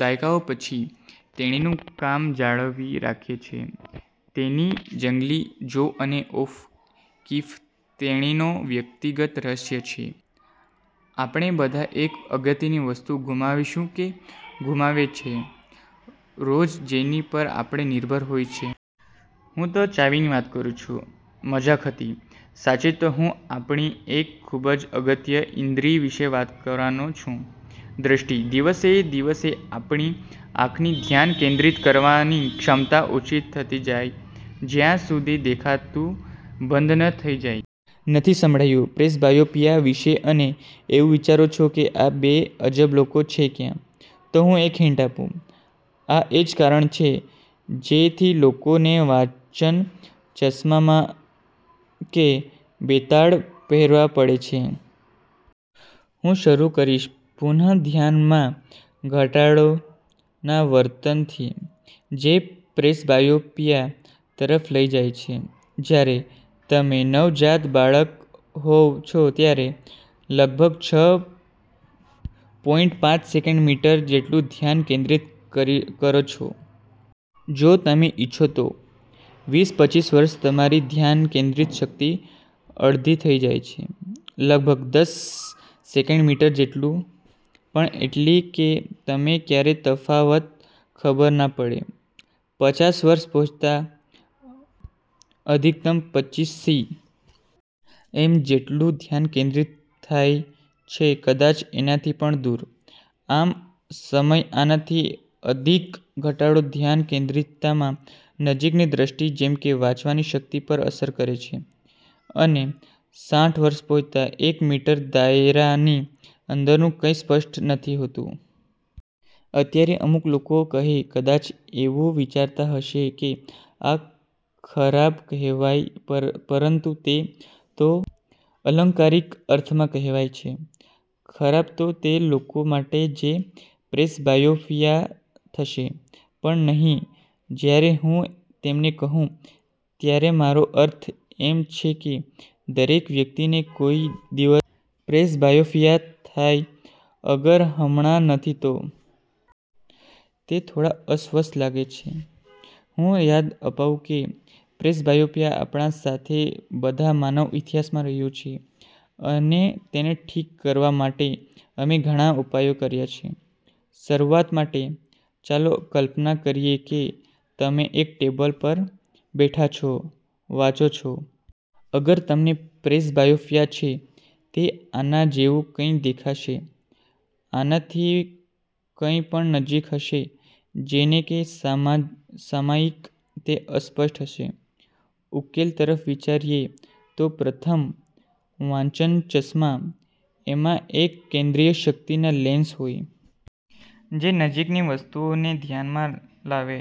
દાયકાઓ પછી, તેણીનું કામ જાળવી રાખે છે તેની જંગલી —ર્જા અને ઓ'કિફ તેણીનો વ્યક્તિગત રહસ્ય છે. આપણે બધા એક અગત્ય ની વસ્તુ ગુમાવશું કે ઘૂમાવેયે છે રોજ જેની પર આપણે નિર્ભર હોય છે. હું તો ચાવી ની વાત કરું છું. મજાક હતી. સાચ્ચે તો હું આપણી એક ખુબજ અગત્ય ઈન્દ્રી વિશે વાત કરવા નો છું: દ્રષ્ટિ. દિવસે દિવસે આપણી આંખની ધ્યાન કેન્દ્રીત કરવાની ક્ષમતા ઓછી થતી જાય જ્યાર સુધી દેખાતું બંધ ન થઈ જાય. નથી સાંભળ્યું પ્રેસબાયોપીયા વિષે, અને એવું વિચારોછો કે, આ બે અબજ લોકો છે ક્યાં? " તો હું એક હિન્ટ આપું, આ એજ કારણ છે જે થી લોકો ને વાંચન ચશ્માં કે બેતાળાં પહેરવા પડે છે. હું શરું કરીશ પુનઃ ધ્યાન માં ઘટાડો ના વર્ણન થી, જે પ્રેસબાયોપીયા તરફ લઇ જાય છે. જયારે તમે નવ જાત બાળક હોવ છો ત્યારે તમે લગભગ છ પોઈન્ટ પાંચ સેન્ટીમીટર જેટલું ધ્યાન કેન્દ્રિત કરો છો। જો તમે ઈચ્છો તો. વિસ-પચીસ વર્ષે તમારી ધ્યાન કેન્દ્રિત શક્તિ અડધી થઇ જાયે છે. લગભગ દસ સેન્ટીમીટર જેટલી, પણ એટલું કે તમે ક્યારે તફાવત ખબર ના પડે। પચાસ વર્ષે પહોંચતા, અધિકતમ પચીસ સી। એમ. જેટલું ધ્યાન કેન્દ્રિત થઇ છે, કદાચ એના થી પણ દૂર. આ સમય આના થી અધિક ઘટાડો ધ્યાન કેન્દ્રિતમાં નજીકની દ્રષ્ટિ જેમકે વાંચન શક્તિ પર અસર કરે છે, અને સાઠ વર્ષે પહોંચતા, એક મીટરના દાયરા ની અંદર નુ કંઈ સ્પષ્ટ નથી હોતું. અત્યારે અમુક લોકો હવે કદાચ એવું વિચારતા હશે કે આ ખરાબ કહેવાય પરંતુ તે તો અલંકારિક અર્થમાં કહે છે, ખરાબ તો તે લોકો માટે જેને પ્રેસબાયોપીયા થશે. પણ નહિ, જયારે હું તમે કહું, ત્યારે મારો અર્થ એમ છે કે દરેક વ્યક્તિ ને કોઈક દિવસ પ્રેસબાયોપીયા થશે અગર હમણાં નથી તો. તે થોડો અસ્વસ્થ લાગે છે. હું યાદ આપવું કે પ્રેસબાયોપીયા આપણી સાથે બધા માનવ ઇતિહાસ માં રહ્યુ છે, અને તેને ઠીક કરવા માટે અમે ઘણા ઉપાયો કર્યા છે. શરુવાત માટે, ચાલો કલ્પના કરીએ કે તમે એક ટેબલ પર બેઠા છો, વાંચો છો. અગર તમને પ્રેસબાયોપીયા છે, તે આના જેવું કંઈક દેખાશે. આનાથી કઈ પણ નજીક હશે, જેમ કે સામાયિક, તે અસ્પષ્ટ હશે। ઉકેલ તરફ વિચારીએ તો. પ્રથમ, વાંચન ચશ્મા। એમાં એક કેન્દ્રીય શક્તિ ના લેન્સ હોય. જે નજીક ની વસ્તુઓ ને ધ્યાન માં લાવે.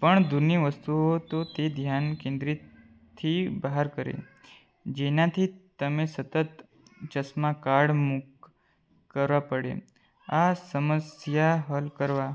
પણ દૂર ની વસ્તુઓ તે ધ્યાન કેન્દ્ર થી બહાર કરે, જેના થી તમારે સતત ચશ્માં કાઢ મૂક કરવા પડે. આ સમસ્યા હલ કરવા